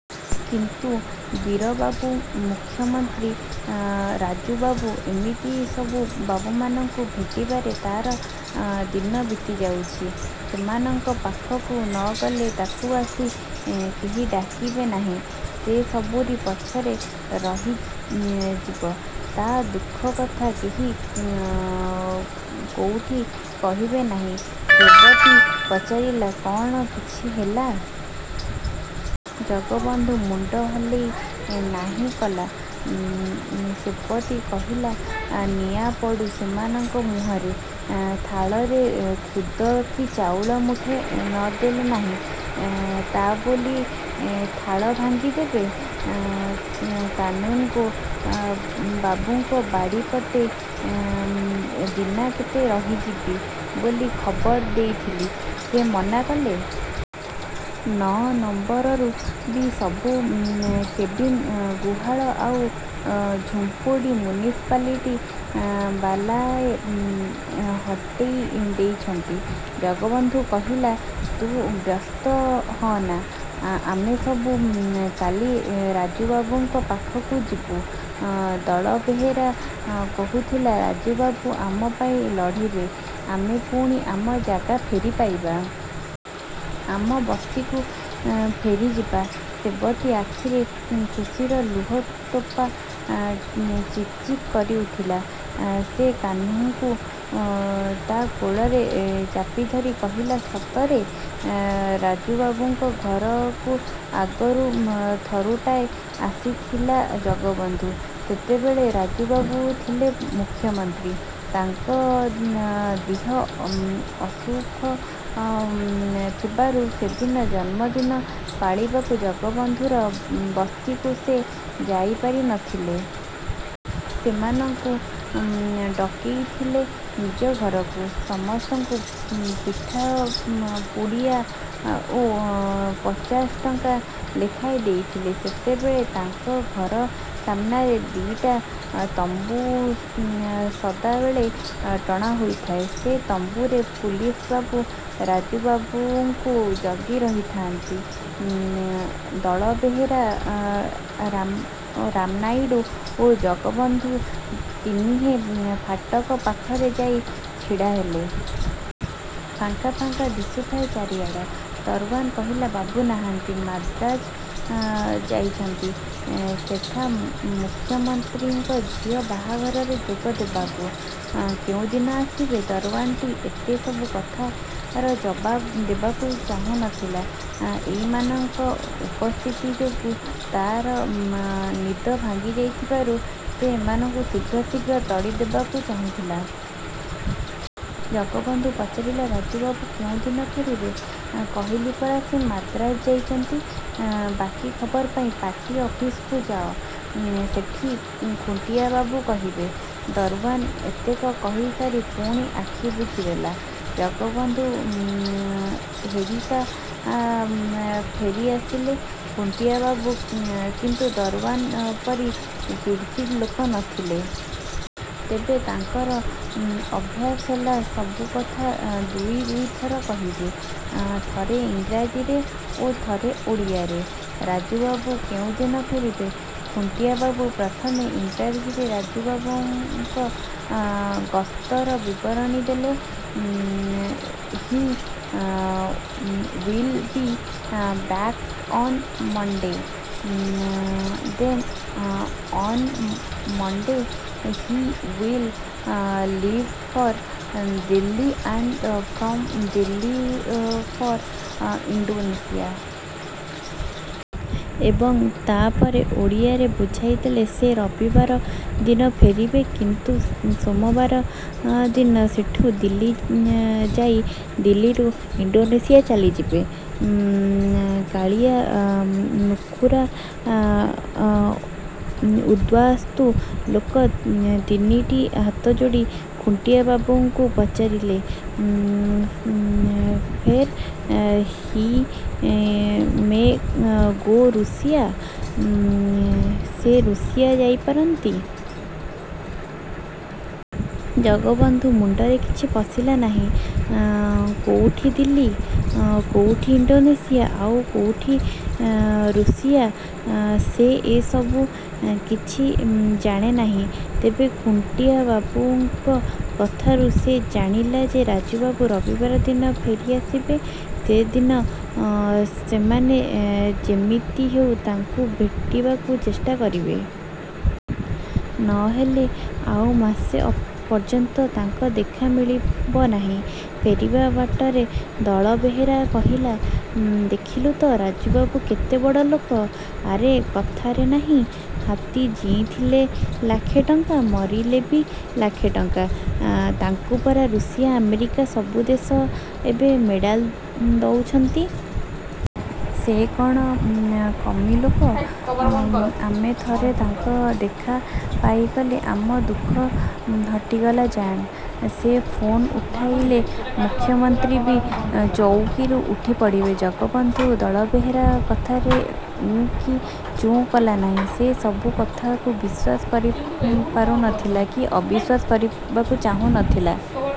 କିନ୍ତୁ ବୀରବାବୁ, ମୁଖ୍ୟମନ୍ତ୍ରୀ, ରାଜୁବାବୁ ଏମିତି ସବୁ ବାବୁମାନଙ୍କୁ ଭେଟିବାରେ ତାର ଦିନ ବିତିଯାଉଛି। ସେମାନଙ୍କ ପାଖକୁ ନଗଲେ ତାକୁ ଆସି କେହି ଡାକିବେ ନାହିଁ। ସେ ସବୁରି ପଛରେ ରହିଯିବ। ତା ଦୁଃଖକଥା କେହି କୋଉଠି କହିବେ ନାହିଁ। ସେବତୀ ପଚାରିଲା, "କଣ କିଛି ହେଲା?" ଜଗବନ୍ଧୁ ମୁଣ୍ଡ ହଲେଇ ନାହିଁ କଲା। ସେବତୀ କହିଲା, "ନିଆଁ ପଡୁ ସେମାନଙ୍କ ମୁହଁରେ। ଥାଳରେ ଖୁଦ କି ଚାଉଳ ମୁଠେ ନଦେଲେ ନାହିଁ, ତା ବୋଲି ଥାଳ ଭାଙ୍ଗିଦେବେ? କାନୁନ୍‌ଗୋ ବାବୁଙ୍କ ବାଡ଼ିପଟେ ଦିନାକେତେ ରହିଯିବି ବୋଲି ଖବର ଦେଇଥିଲି। ସେ ମନା କଲେ। ନଅ ନମ୍ବରରୁ ବି ସବୁ କେବିନ୍, ଗୁହାଳ ଆଉ ଝୁମ୍ପୁଡ଼ି ମ୍ୟୁନିସିପାଲିଟି ବାଲାଏ ହଟେଇ ଦେଇଛନ୍ତି।" ଜଗବନ୍ଧୁ କହିଲା, "ତୁ ବ୍ୟସ୍ତ ହଅନା। ଆମେ ସବୁ କାଲି ରାଜୁବାବୁଙ୍କ ପାଖକୁ ଯିବୁ। ଦଳବେହେରା କହୁଥିଲା ରାଜୁବାବୁ ଆମ ପାଇଁ ଲଢ଼ିବେ। ଆମେ ପୁଣି ଆମ ଜାଗା ଫେରି ପାଇବା। ଆମ ବସ୍ତିକୁ ଫେରିଯିବା।" ସେବତୀ ଆଖିରେ ଖୁସିର ଲୁହଟୋପା ଚିକ୍ ଚିକ୍ କରିଉଠିଲା। ସେ କାହ୍ନୁକୁ ତା କୋଳରେ ଚାପିଧରି କହିଲା, "ସତରେ!" ରାଜୁବାବୁଙ୍କ ଘରକୁ ଆଗରୁ ଥରୁଟାଏ ଆସିଥିଲା ଜଗବନ୍ଧୁ। ସେତେବେଳେ ରାଜୁବାବୁ ଥିଲେ ମୁଖ୍ୟମନ୍ତ୍ରୀ। ତାଙ୍କ ଦିହ ଅସୁଖ ଥିବାରୁ ସେଦିନ ଜନ୍ମଦିନ ପାଳିବାକୁ ଜଗବନ୍ଧୁର ବସ୍ତିକୁ ସେ ଯାଇପାରି ନଥିଲେ। ସେମାନଙ୍କୁ ଡକେଇଥିଲେ ନିଜ ଘରକୁ। ସମସ୍ତଙ୍କୁ ମିଠା ପୁଡ଼ିଆ ଓ ପଚାଶ ଟଙ୍କା ଲେଖାଏଁ ଦେଇଥିଲେ। ସେତେବେଳେ ତାଙ୍କ ଘର ସାମ୍ନାରେ ଦିଇଟା ତମ୍ବୁ ସଦାବେଳେ ଟଣା ହୋଇଥାଏ। ସେଇ ତମ୍ବୁରେ ପୁଲିସବାବୁ ରାଜୁବାବୁଙ୍କୁ ଜଗିରହିଥାନ୍ତି। ଦଳବେହେରା, ରାମନାଇଡୁ ଓ ଜଗବନ୍ଧୁ ତିନିହେଁ ଫାଟକ ପାଖରେ ଯାଇ ଛିଡ଼ାହେଲେ। ଫାଙ୍କା ଫାଙ୍କା ଦିଶୁଥାଏ ଚାରିଆଡ଼। ଦରୱାନ କହିଲା, "ବାବୁ ନାହାନ୍ତି। ମାନ୍ଦ୍ରାଜ ଯାଇଛନ୍ତି, ସେଠା ମୁଖ୍ୟମନ୍ତ୍ରୀଙ୍କ ଝିଅ ବାହାଘରରେ ଯୋଗ ଦେବାକୁ।" "କୋଉଦିନ ଆସିବେ?" ଦରୱାନଟି ଏତେ ସବୁ କଥାର ଜବାବ ଦେବାକୁ ଚାହୁଁ ନଥିଲା। ଏଇମାନଙ୍କ ଉପସ୍ଥିତି ଯୋଗୁ ତାର ନିଦ ଭାଙ୍ଗିଯାଇଥିବାରୁ ସେ ଏମାନଙ୍କୁ ଶୀଘ୍ର ଶୀଘ୍ର ତଡ଼ିଦେବାକୁ ଚାହୁଁଥିଲା। ଜଗବନ୍ଧୁ ପଚାରିଲା, "ରାଜୁବାବୁ କୋଉଦିନ ଫେରିବେ?" "କହିଲି ପରା ସେ ମାନ୍ଦ୍ରାଜ ଯାଇଛନ୍ତି। ବାକି ଖବର ପାଇଁ ପାର୍ଟି ଅଫିସ୍‌କୁ ଯାଅ। ସେଇଠି ଖୁଣ୍ଟିଆବାବୁ କହିବେ।" ଦରୱାନ ଏତକ କହିସାରି ପୁଣି ଆଖି ବୁଜିଦେଲା। ଜଗବନ୍ଧୁହେରିକା ଫେରିଆସିଲେ। ଖୁଣ୍ଟିଆବାବୁ କିନ୍ତୁ ଦରୱାନ ପରି ଚିଡ଼ିଚିଡ଼ା ଲୋକ ନଥିଲେ। ତେବେ ତାଙ୍କର ଅଭ୍ୟାସ ହେଲା ସବୁକଥା ଦୁଇ ଦୁଇଥର କହିବେ। ଥରେ ଇଂରାଜୀରେ ଓ ଥରେ ଓଡ଼ିଆରେ। "ରାଜୁବାବୁ କୋଉଦିନ ଫେରିବେ?" ଖୁଣ୍ଟିଆବାବୁ ପ୍ରଥମେ ଇଂରାଜୀରେ ରାଜୁବାବୁଙ୍କ ଗସ୍ତର ବିବରଣୀ ଦେଲେ, "he will be back on Monday. Then on Monday he will leave for Delhi and from Delhi for Indonesia." ଏବଂ ତାପରେ ଓଡ଼ିଆରେ ବୁଝେଇଦେଲେ 'ସେ ରବିବାର ଦିନ ଫେରିବେ। କିନ୍ତୁ ସୋମବାର ଦିନ ଏଠୁ ଦିଲ୍ଲୀ ଯାଇ ଦିଲ୍ଲୀରୁ ଇଣ୍ଡୋନେସିଆ ଚାଲିଯିବେ।' କାଳିଆ, ନୁଖୁରା ଉଦ୍ବାସ୍ତୁ ଲୋକ ତିନିଟି ହାତଯୋଡ଼ି ଖୁଣ୍ଟିଆବାବୁଙ୍କୁ ପଚାରିଲେ, "ଫେର୍?" "He may go Russia. ସେ ରୁଷିଆ ଯାଇପାରନ୍ତି।" ଜଗବନ୍ଧୁ ମୁଣ୍ଡରେ କିଛି ପଶିଲା ନାହିଁ। କୋଉଠି ଦିଲ୍ଲୀ, କୋଉଠି ଇଣ୍ଡୋନେସିଆ, ଆଉ କୋଉଠି ରୁଷିଆସେ ଏସବୁ କିଛି ଜାଣେ ନାହିଁ। ତେବେ ଖୁଣ୍ଟିଆବାବୁଙ୍କ କଥାରୁ ସେ ଜାଣିଲା ଯେ ରାଜୁବାବୁ ରବିବାର ଦିନ ଫେରି ଆସିବେ। ସେହିଦିନ ସେମାନେ ଯେମିତି ହେଉ ତାଙ୍କୁ ଭେଟିବାକୁ ଚେଷ୍ଟା କରିବେ। ନ ହେଲେ ଆଉ ମାସେ ପର୍ଯ୍ୟନ୍ତ ତାଙ୍କ ଦେଖା ମିଳିବ ନାହିଁ। ଫେରିବା ବାଟରେ ଦଳବେହେରା କହିଲା, "ଦେଖିଲୁ ତ, ରାଜୁବାବୁ କେତେ ବଡ଼ ଲୋକ। ଆରେ କଥାରେ ନାହିଁ, ହାତୀ ଜିଇଁଥିଲେ ଲାଖେ ଟଙ୍କା, ମରିଥିଲେ ବି ଲାଖେ ଟଙ୍କା। ତାଙ୍କୁ ପରା ରୁଷିଆ, ଆମେରିକା ସବୁ ଦେଶ ଏବେ ମେଡାଲ ଦଉଛନ୍ତି। ସେ କଣ କମି ଲୋକ? ଆମେ ଥରେ ତାଙ୍କ ଦେଖା ପାଇଗଲେ ଆମ ଦୁଃଖ ହଟିଲା ଜାଣ। ସେ ଫୋନ୍ ଉଠେଇଲେ ମୁଖ୍ୟମନ୍ତ୍ରୀ ବି ଚଉକୀରୁ ଉଠିପଡ଼ିବେ।" ଜଗବନ୍ଧୁ ଦଳବେହେରା କଥାରେ ଉଁ କି ଚୁଁ କଲା ନାହିଁ। ସେ ଏସବୁ କଥାକୁ ବିଶ୍ୱାସ କରିପାରୁ ନଥିଲା କି ଅବିଶ୍ୱାସ କରିବାକୁ ଚାହୁଁ ନ ଥିଲା।